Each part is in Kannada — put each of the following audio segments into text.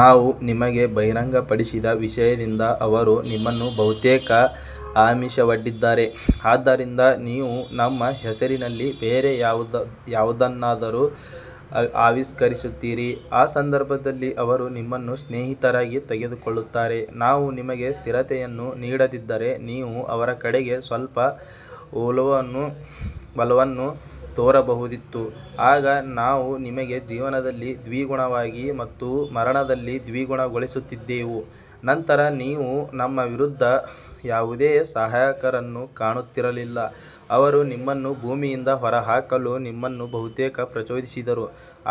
ನಾವು ನಿಮಗೆ ಬಹಿರಂಗಪಡಿಸಿದ ವಿಷಯದಿಂದ ಅವರು ನಿಮ್ಮನ್ನು ಬಹುತೇಕ ಆಮಿಷವೊಡ್ಡಿದ್ದಾರೆ, ಆದ್ದರಿಂದ ನೀವು ನಮ್ಮ ಹೆಸರಿನಲ್ಲಿ ಬೇರೆ ಯಾವುದನ್ನಾದರೂ ಆವಿಷ್ಕರಿಸುತ್ತೀರಿ, ಆ ಸಂದರ್ಭದಲ್ಲಿ ಅವರು ನಿಮ್ಮನ್ನು ಸ್ನೇಹಿತರಾಗಿ ತೆಗೆದುಕೊಳ್ಳುತ್ತಾರೆ. ನಾವು ನಿಮಗೆ ಸ್ಥಿರತೆಯನ್ನು ನೀಡದಿದ್ದರೆ ನೀವು ಅವರ ಕಡೆಗೆ ಸ್ವಲ್ಪ ಒಲವನ್ನು ತೋರಬಹುದಿತ್ತು ಆಗ ನಾವು ನಿಮಗೆ ಜೀವನದಲ್ಲಿ ದ್ವಿಗುಣವಾಗಿ ಮತ್ತು ಮರಣದಲ್ಲಿ ದ್ವಿಗುಣಗೊಳಿಸುತ್ತಿದ್ದೆವು ನಂತರ ನೀವು ನಮ್ಮ ವಿರುದ್ಧ ಯಾವುದೇ ಸಹಾಯಕರನ್ನು ಕಾಣುತ್ತಿರಲಿಲ್ಲ ಅವರು ನಿಮ್ಮನ್ನು ಭೂಮಿಯಿಂದ ಹೊರಹಾಕಲು ನಿಮ್ಮನ್ನು ಬಹುತೇಕ ಪ್ರಚೋದಿಸಿದರು,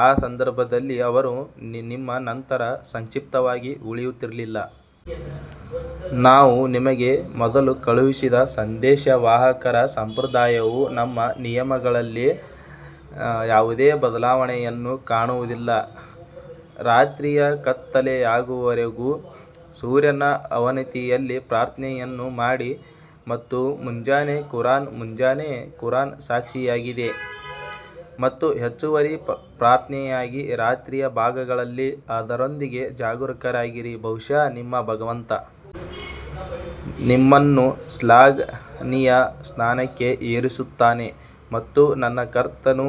ಆ ಸಂದರ್ಭದಲ್ಲಿ ಅವರು ನಿಮ್ಮ ನಂತರ ಸಂಕ್ಷಿಪ್ತವಾಗಿ ಉಳಿಯುತ್ತಿರಲಿಲ್ಲ. ನಾವು ನಿಮಗೆ ಮೊದಲು ಕಳುಹಿಸಿದ ಸಂದೇಶವಾಹಕರ ಸಂಪ್ರದಾಯವು ನಮ್ಮ ನಿಯಮಗಳಲ್ಲಿ ಯಾವುದೇ ಬದಲಾವಣೆಯನ್ನು ಕಾಣುವುದಿಲ್ಲ ರಾತ್ರಿಯ ಕತ್ತಲೆಯಾಗುವವರೆಗೆ ಸೂರ್ಯನ ಅವನತಿಯಲ್ಲಿ ಪ್ರಾರ್ಥನೆಯನ್ನು ಮಾಡಿ ಮತ್ತು ಮುಂಜಾನೆ ಕುರಾನ್ ಮುಂಜಾನೆ ಕುರಾನ್ ಸಾಕ್ಷಿಯಾಗಿದೆ ಮತ್ತು ಹೆಚ್ಚುವರಿ ಪ್ರಾರ್ಥನೆಯಾಗಿ ರಾತ್ರಿಯ ಭಾಗಗಳಲ್ಲಿ ಅದರೊಂದಿಗೆ ಜಾಗರೂಕರಾಗಿರಿ ಬಹುಶಃ ನಿಮ್ಮ ಭಗವಂತ ನಿಮ್ಮನ್ನು ಶ್ಲಾಘನೀಯ ಸ್ಥಾನಕ್ಕೆ ಏರಿಸುತ್ತಾನೆ ಮತ್ತು ನನ್ನ ಕರ್ತನು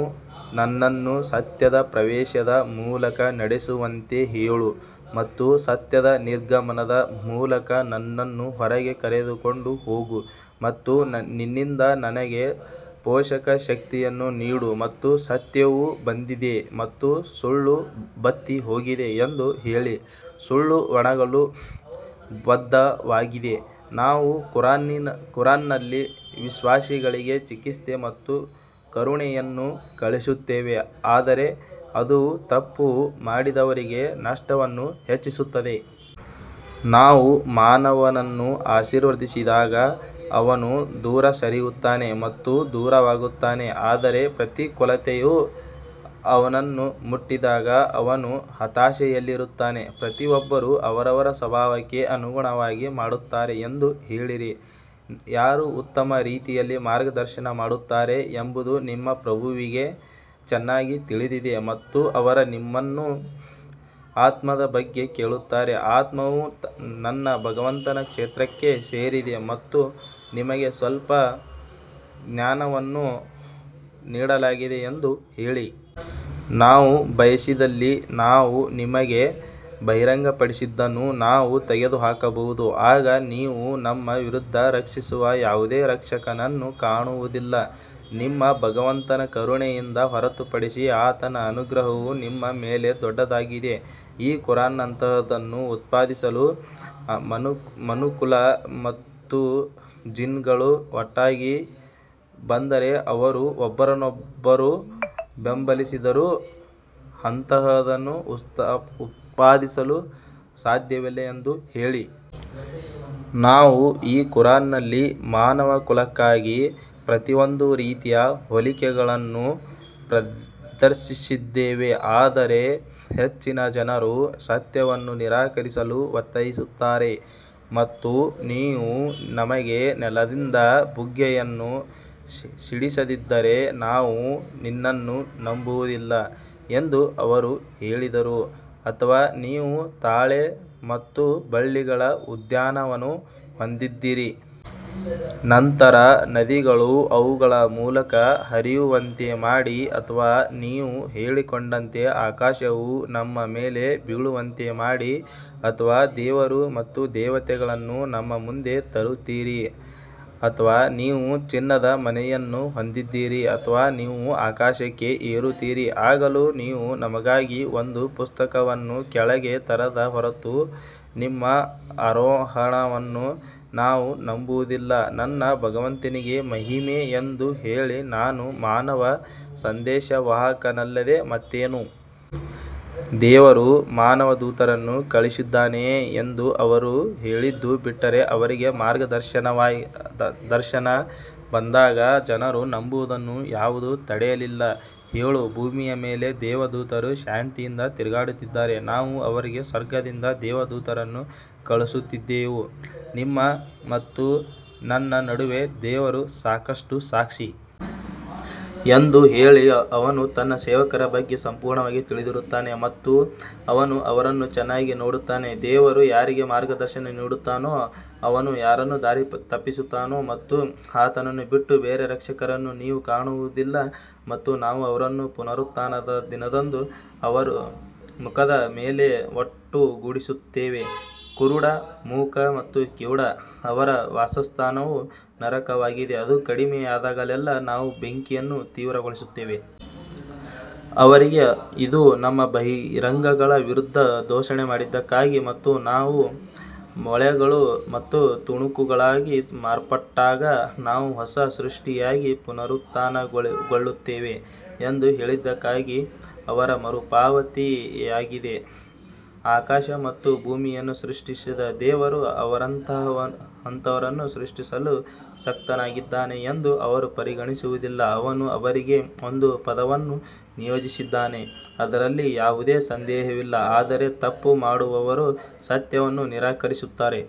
ನನ್ನನ್ನು ಸತ್ಯದ ಪ್ರವೇಶದ ಮೂಲಕ ನಡೆಸುವಂತೆ ಹೇಳು ಮತ್ತು ಸತ್ಯದ ನಿರ್ಗಮನದ ಮೂಲಕ ನನ್ನನ್ನು ಹೊರಗೆ ಕರೆದುಕೊಂಡು ಹೋಗು ಮತ್ತು ನಿನ್ನಿಂದ ನನಗೆ ಪೋಷಕ ಶಕ್ತಿಯನ್ನು ನೀಡು ಮತ್ತು ಸತ್ಯವು ಬಂದಿದೆ ಮತ್ತು ಸುಳ್ಳು ಬತ್ತಿಹೋಗಿದೆ ಎಂದು ಹೇಳಿ, ಸುಳ್ಳು ಒಣಗಲು ಬದ್ಧವಾಗಿದೆ ನಾವು ಕುರಾನ್ನಲ್ಲಿ ವಿಶ್ವಾಸಿಗಳಿಗೆ ಚಿಕಿತ್ಸೆ ಮತ್ತು ಕರುಣೆಯನ್ನು ಕಳುಹಿಸುತ್ತೇವೆ ಆದರೆ ಅದು ತಪ್ಪು ಮಾಡುವವರಿಗೆ ನಷ್ಟವನ್ನು ಹೆಚ್ಚಿಸುತ್ತದೆ. ನಾವು ಮಾನವನನ್ನು ಆಶೀರ್ವದಿಸಿದಾಗ ಅವನು ದೂರ ಸರಿಯುತ್ತಾನೆ ಮತ್ತು ದೂರವಾಗುತ್ತಾನೆ ಆದರೆ ಪ್ರತಿಕೂಲತೆಯು ಅವನನ್ನು ಮುಟ್ಟಿದಾಗ ಅವನು ಹತಾಶೆಯಲ್ಲಿರುತ್ತಾನೆ ಪ್ರತಿಯೊಬ್ಬರೂ ಅವರವರ ಸ್ವಭಾವಕ್ಕೆ ಅನುಗುಣವಾಗಿ ಮಾಡುತ್ತಾರೆ ಎಂದು ಹೇಳಿರಿ, ಯಾರು ಉತ್ತಮ ರೀತಿಯಲ್ಲಿ ಮಾರ್ಗದರ್ಶನ ಮಾಡುತ್ತಾರೆ ಎಂಬುದು ನಿಮ್ಮ ಪ್ರಭುವಿಗೆ ಚೆನ್ನಾಗಿ ತಿಳಿದಿದೆ ಮತ್ತು ಅವರು ನಿಮ್ಮನ್ನು ಆತ್ಮದ ಬಗ್ಗೆ ಕೇಳುತ್ತಾರೆ, ಆತ್ಮವು ನನ್ನ ಭಗವಂತನ ಕ್ಷೇತ್ರಕ್ಕೆ ಸೇರಿದೆ ಮತ್ತು ನಿಮಗೆ ಸ್ವಲ್ಪ ಜ್ಞಾನವನ್ನು ನೀಡಲಾಗಿದೆ ಎಂದು ಹೇಳಿ. ನಾವು ಬಯಸಿದಲ್ಲಿ ನಾವು ನಿಮಗೆ ಬಹಿರಂಗಪಡಿಸಿದ್ದನ್ನು ನಾವು ತೆಗೆದುಹಾಕಬಹುದು, ಆಗ ನೀವು ನಮ್ಮ ವಿರುದ್ಧ ರಕ್ಷಿಸುವ ಯಾವುದೇ ರಕ್ಷಕನನ್ನು ಕಾಣುವುದಿಲ್ಲ ನಿಮ್ಮ ಭಗವಂತನ ಕರುಣೆಯಿಂದ ಹೊರತುಪಡಿಸಿ ಆತನ ಅನುಗ್ರಹವು ನಿಮ್ಮ ಮೇಲೆ ದೊಡ್ಡದಾಗಿದೆ ಈ ಖುರಾನ್ನಂತಹದನ್ನು ಉತ್ಪಾದಿಸಲು ಮನುಕುಲ ಮತ್ತು ಜಿನ್ಗಳು ಒಟ್ಟಾಗಿ ಬಂದರೆ ಅವರು ಒಬ್ಬರನ್ನೊಬ್ಬರು ಬೆಂಬಲಿಸಿದರೂ ಅಂತಹದನ್ನು ಉತ್ಪಾದಿಸಲು ಸಾಧ್ಯವಿಲ್ಲ ಎಂದು ಹೇಳಿ. ನಾವು ಈ ಕುರಾನ್ನಲ್ಲಿ ಮಾನವಕುಲಕ್ಕಾಗಿ ಪ್ರತಿಯೊಂದು ರೀತಿಯ ಹೋಲಿಕೆಗಳನ್ನು ಪ್ರದರ್ಶಿಸಿದ್ದೇವೆ ಆದರೆ ಹೆಚ್ಚಿನ ಜನರು ಸತ್ಯವನ್ನು ನಿರಾಕರಿಸಲು ಒತ್ತಾಯಿಸುತ್ತಾರೆ ಮತ್ತು ನೀವು ನಮಗೆ ನೆಲದಿಂದ ಬುಗ್ಗೆಯನ್ನು ಸಿಡಿಸದಿದ್ದರೆ ನಾವು ನಿನ್ನನ್ನು ನಂಬುವುದಿಲ್ಲ ಎಂದು ಅವರು ಹೇಳಿದರು ಅಥವಾ ನೀವು ತಾಳೆ ಮತ್ತು ಬಳ್ಳಿಗಳ ಉದ್ಯಾನವನ್ನು ಹೊಂದಿದ್ದೀರಿ ನಂತರ ನದಿಗಳು ಅವುಗಳ ಮೂಲಕ ಹರಿಯುವಂತೆ ಮಾಡಿ ಅಥವಾ ನೀವು ಹೇಳಿಕೊಂಡಂತೆ ಆಕಾಶವು ನಮ್ಮ ಮೇಲೆ ಬೀಳುವಂತೆ ಮಾಡಿ ಅಥವಾ ದೇವರು ಮತ್ತು ದೇವತೆಗಳನ್ನು ನಮ್ಮ ಮುಂದೆ ತರುತ್ತೀರಿ ಅಥವಾ ನೀವು ಚಿನ್ನದ ಮನೆಯನ್ನು ಹೊಂದಿದ್ದೀರಿ ಅಥವಾ ನೀವು ಆಕಾಶಕ್ಕೆ ಏರುತ್ತೀರಿ ಆಗಲೂ ನೀವು ನಮಗಾಗಿ ಒಂದು ಪುಸ್ತಕವನ್ನು ಕೆಳಗೆ ತರದ ಹೊರತು ನಿಮ್ಮ ಆರೋಹಣವನ್ನು ನಾವು ನಂಬುವುದಿಲ್ಲ, ನನ್ನ ಭಗವಂತನಿಗೆ ಮಹಿಮೆ ಎಂದು ಹೇಳಿ ನಾನು ಮಾನವ ಸಂದೇಶವಾಹಕನಲ್ಲದೆ ಮತ್ತೇನು? ದೇವರು ಮಾನವ ದೂತರನ್ನು ಕಳುಹಿಸಿದ್ದಾನೆಯೇ ಎಂದು ಅವರು ಹೇಳಿದ್ದು ಬಿಟ್ಟರೆ, ಅವರಿಗೆ ಮಾರ್ಗದರ್ಶನ ಬಂದಾಗ ಜನರು ನಂಬುವುದನ್ನು ಯಾವುದೂ ತಡೆಯಲಿಲ್ಲ. ಹೇಳು ಭೂಮಿಯ ಮೇಲೆ ದೇವದೂತರು ಶಾಂತಿಯಿಂದ ತಿರುಗಾಡುತ್ತಿದ್ದರೆ ನಾವು ಅವರಿಗೆ ಸ್ವರ್ಗದಿಂದ ದೇವದೂತರನ್ನು ಕಳುಹಿಸುತ್ತಿದ್ದೆವು. ನಿಮ್ಮ ಮತ್ತು ನನ್ನ ನಡುವೆ ದೇವರು ಸಾಕಷ್ಟು ಸಾಕ್ಷಿ ಎಂದು ಹೇಳಿ, ಅವನು ತನ್ನ ಸೇವಕರ ಬಗ್ಗೆ ಸಂಪೂರ್ಣವಾಗಿ ತಿಳಿದಿರುತ್ತಾನೆ ಮತ್ತು ಅವನು ಅವರನ್ನು ಚೆನ್ನಾಗಿ ನೋಡುತ್ತಾನೆ ದೇವರು ಯಾರಿಗೆ ಮಾರ್ಗದರ್ಶನ ನೀಡುತ್ತಾನೋ ಅವನು ಯಾರನ್ನು ದಾರಿತಪ್ಪಿಸುತ್ತಾನೆ ಮತ್ತು ಆತನನ್ನು ಬಿಟ್ಟು ಬೇರೆ ರಕ್ಷಕರನ್ನು ನೀವು ಕಾಣುವುದಿಲ್ಲ ಮತ್ತು ನಾವು ಅವರನ್ನು ಪುನರುತ್ಥಾನದ ದಿನದಂದು ಅವರ ಮುಖದ ಮೇಲೆ ಒಟ್ಟುಗೂಡಿಸುತ್ತೇವೆ ಕುರುಡು ಮೂಕ ಮತ್ತು ಕಿವುಡ ಅವರ ವಾಸಸ್ಥಾನವು ನರಕವಾಗಿದೆ ಅದು ಕಡಿಮೆಯಾದಾಗಲೆಲ್ಲಾ ನಾವು ಬೆಂಕಿಯನ್ನು ತೀವ್ರಗೊಳಿಸುತ್ತೇವೆ. ಅವರಿಗೆ ಇದು ನಮ್ಮ ಬಹಿರಂಗಗಳ ವಿರುದ್ಧ ದೂಷಣೆ ಮಾಡಿದ್ದಕ್ಕಾಗಿ ಮತ್ತು ನಾವು ಮೂಳೆಗಳು ಮತ್ತು ತುಣುಕುಗಳಾಗಿ ಮಾರ್ಪಟ್ಟಾಗ ನಾವು ಹೊಸ ಸೃಷ್ಟಿಯಾಗಿ ಪುನರುತ್ಥಾನಗೊಳ್ಳುತ್ತೇವೆ ಎಂದು ಹೇಳಿದ್ದಕ್ಕಾಗಿ ಅವರ ಮರುಪಾವತಿಯಾಗಿದೆ. ಆಕಾಶ ಮತ್ತು ಭೂಮಿಯನ್ನು ಸೃಷ್ಟಿಸಿದ ದೇವರು ಅವರಂತಹವರನ್ನು ಸೃಷ್ಟಿಸಲು ಶಕ್ತನಾಗಿದ್ದಾನೆ ಎಂದು ಅವರು ಪರಿಗಣಿಸುವುದಿಲ್ಲ, ಅವನು ಅವರಿಗೆ ಒಂದು ಪದವನ್ನು ನಿಯೋಜಿಸಿದ್ದಾನೆ ಅದರಲ್ಲಿ ಯಾವುದೇ ಸಂದೇಹವಿಲ್ಲ ಆದರೆ ತಪ್ಪು ಮಾಡುವವರು ಸತ್ಯವನ್ನು ನಿರಾಕರಿಸುತ್ತಾರೆ.